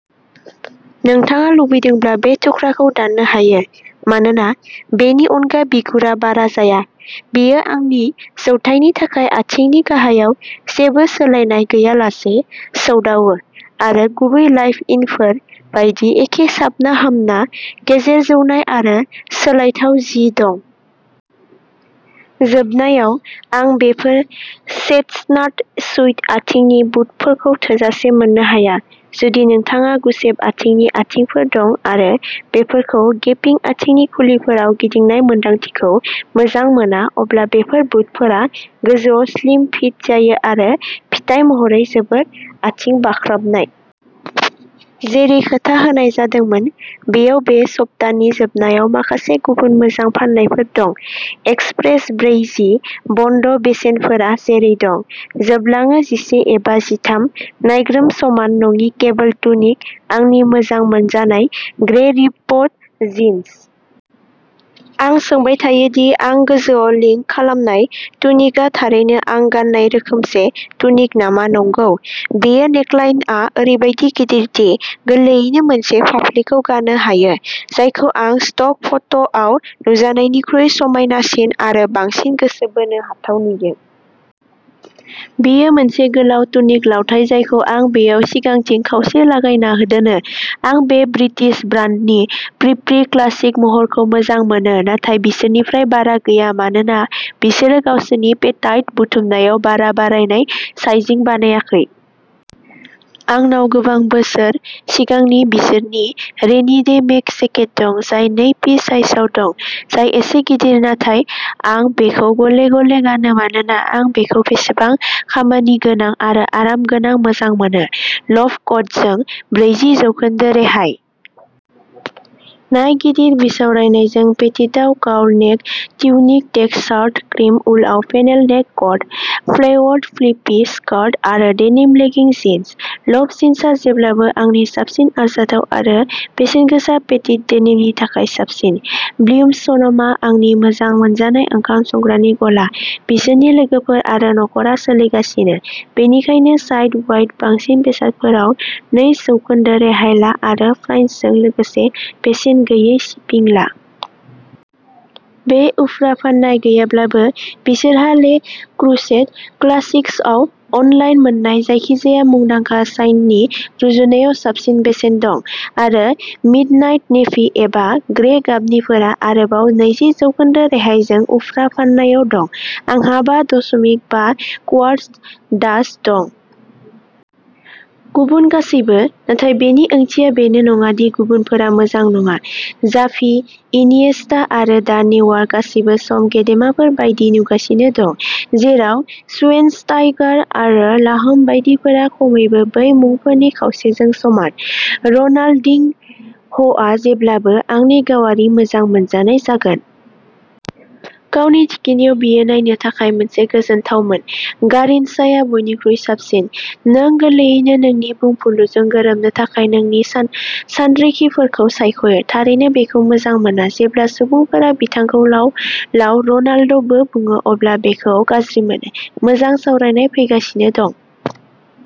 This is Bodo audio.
नोंथाङा लुबैदोंब्ला बे थुख्राखौ दाननो हायो, मानोना बेनि अनगा बिगुरा बारा जाया। बेयो आंनि जौथायनि थाखाय आथिंनि गाहायाव जेबो सोलायनाय गैयालासे सौदावो, आरो गुबै लाइभ-इनफोर बायदि एखे साबनाहामना गेजेर जौनाय आरो सोलायथाव जि दं। जोबनायाव, आं बेफोर चेस्टनाट सुइड आथिंनि बुटफोरखौ थोजासे मोननो हाया। जुदि नोंथांहा गुसेब आथिंनि आथिंफोर दं आरो बेफोरखौ गेपिं आथिंनि खुलिफोराव गिदिंनाय मोन्दांथिखौ मोजां मोना, अब्ला बेफोर बुटफोरा गोजौआव स्लिम फिट जायो आरो फिथाय महरै जोबोद आथिं-बाख्राबनाय। जेरै खोथा होनाय जादोंमोन, बेयाव बे सप्तानि जोबनायाव माखासे गुबुन मोजां फान्नायफोर दं एक्सप्रेस ब्रैजि बन्द, बेसेनफोरा जेरै दं। जोबलाङो जिसे एबा जिथाम। नायग्रोम समान नङि केबल टुनिक, आंनि मोजां मोनजानाय ग्रे रिप्ड जिन्स। आं सोंबाय थायो दि आं गोजौआव लिंक खालामनाय टुनिकआ थारैनो आं गान्नाय रोखोमसे टुनिक नामा नंगौ, बेयो नेकलाइनआ ओरैबायदि गिदिर दि गोरलैयैनो मोनसे फाफ्लिखौ गानो हायो, जायखौ आं स्ट'क फट'आव नुजानायनिख्रुइ समायनासिन आरो बांसिन गोसो बोनो हाथाव नुयो। बेयो मोनसे गोलाव टुनिक लावथाइ जायखौ आं बेयाव सिगांथिं खावसे-लागायना दोनो। आं बे ब्रिटिश ब्रान्डनि प्रिपि क्लासिक महरखौ मोजां मोनो, नाथाय बिसोरनिफ्राय बारा गैया मानोना बिसोरो गावसोरनि पेटाइट बुथुमनायाव बारा बारायनाय साइजिं बानायाखै। आंनाव गोबां बोसोर सिगांनि बिसोरनि रेनि डे मेक जेकेट दं, जाय नै पि साइजआव दं, जाय एसे गिदिर, नाथाय आं बेखौ गले-गले गानो मानोना आं बेखौ बेसेबां खामानिगोनां आरो आरामगोनां मोजां मोनो। लफ्ट-क'डजों ब्रैजि जौखोन्दो रेहाय। नाय गिदिर बिसावरायनायजों पेटिटआव cowl neck tunic, textured cream उलआव funnel neck cut, flared flippy skirt आरो डेनिम लेगिं जिन्स। लफ्ट जिन्सआ जेब्लाबो आंनि साबसिन आरजाथाव आरो बेसेनगोसा पेटिट डेनिमनि थाखाय साबसिन। विलियम्स सन'मा-आंनि मोजां मोनजानाय ओंखाम संग्रानि गला बिसोरनि लोगोफोर आरो नखरा सोलिगासिनो, बेनिखायनो साइट-वाइड बांसिन बेसादफोराव नैज् जौखोन्दो रेहाय ला आरो फ्राइन्डसजों लोगोसे बेसेन गैयै शिपिं ला। बे उफ्रा फान्नाय गैयाब्लाबो, बिसोरहा ले क्रुसेट क्लासिक्सआव अनलाइन मोन्नाय जायखिजाया मुंदांखा साइटनि रुजुनायाव साबसिन बेसेन दं आरो मिडनाइट नेभि एबा ग्रे गाबनिफोरा आरोबाव नैजि जौखोन्दो रेहायजों उफ्रा फान्नायाव दं। आंहा बा दशमिक बा क्वार्ट डाच दं। गुबुन गासैबो; नाथाय बेनि ओंथिया बेनो नङा दि गुबुनफोरा मोजां नङा। जाभि, इनिएस्टा आरो दा नेउयार गासैबो सम गेदेमाफोर बायदि नुगासिनो दं। जेराव श्वेनस्टाइगार आरो लाहम बायदिफोरा खमैबो बै मुंफोरनि खावसेजों समान। रनाल्डिनह'आ जेब्लाबो आंनि गावारि मोजां मोनजानाय जागोन। गावनि थिखिनियाव बियो नायनो थाखाय मोनसे गोजोनथावमोन। गारिनचाया बयनिख्रुइ साबसिन। नों गोरलैयैनो नोंनि बुंफुरलुजों गोरोबनो थाखाय नोंनि सानरिखिफोरखौ सायख'यो। थारैनो बेखौ मोजां मोना, जेब्ला सुबुंफोरा बिथांखौ'लाव-लाव'रनाल्ड'बो बुङो अब्ला बेखौ गाज्रि मोनो। मोजां सावरायनाय फैगासिनो दं।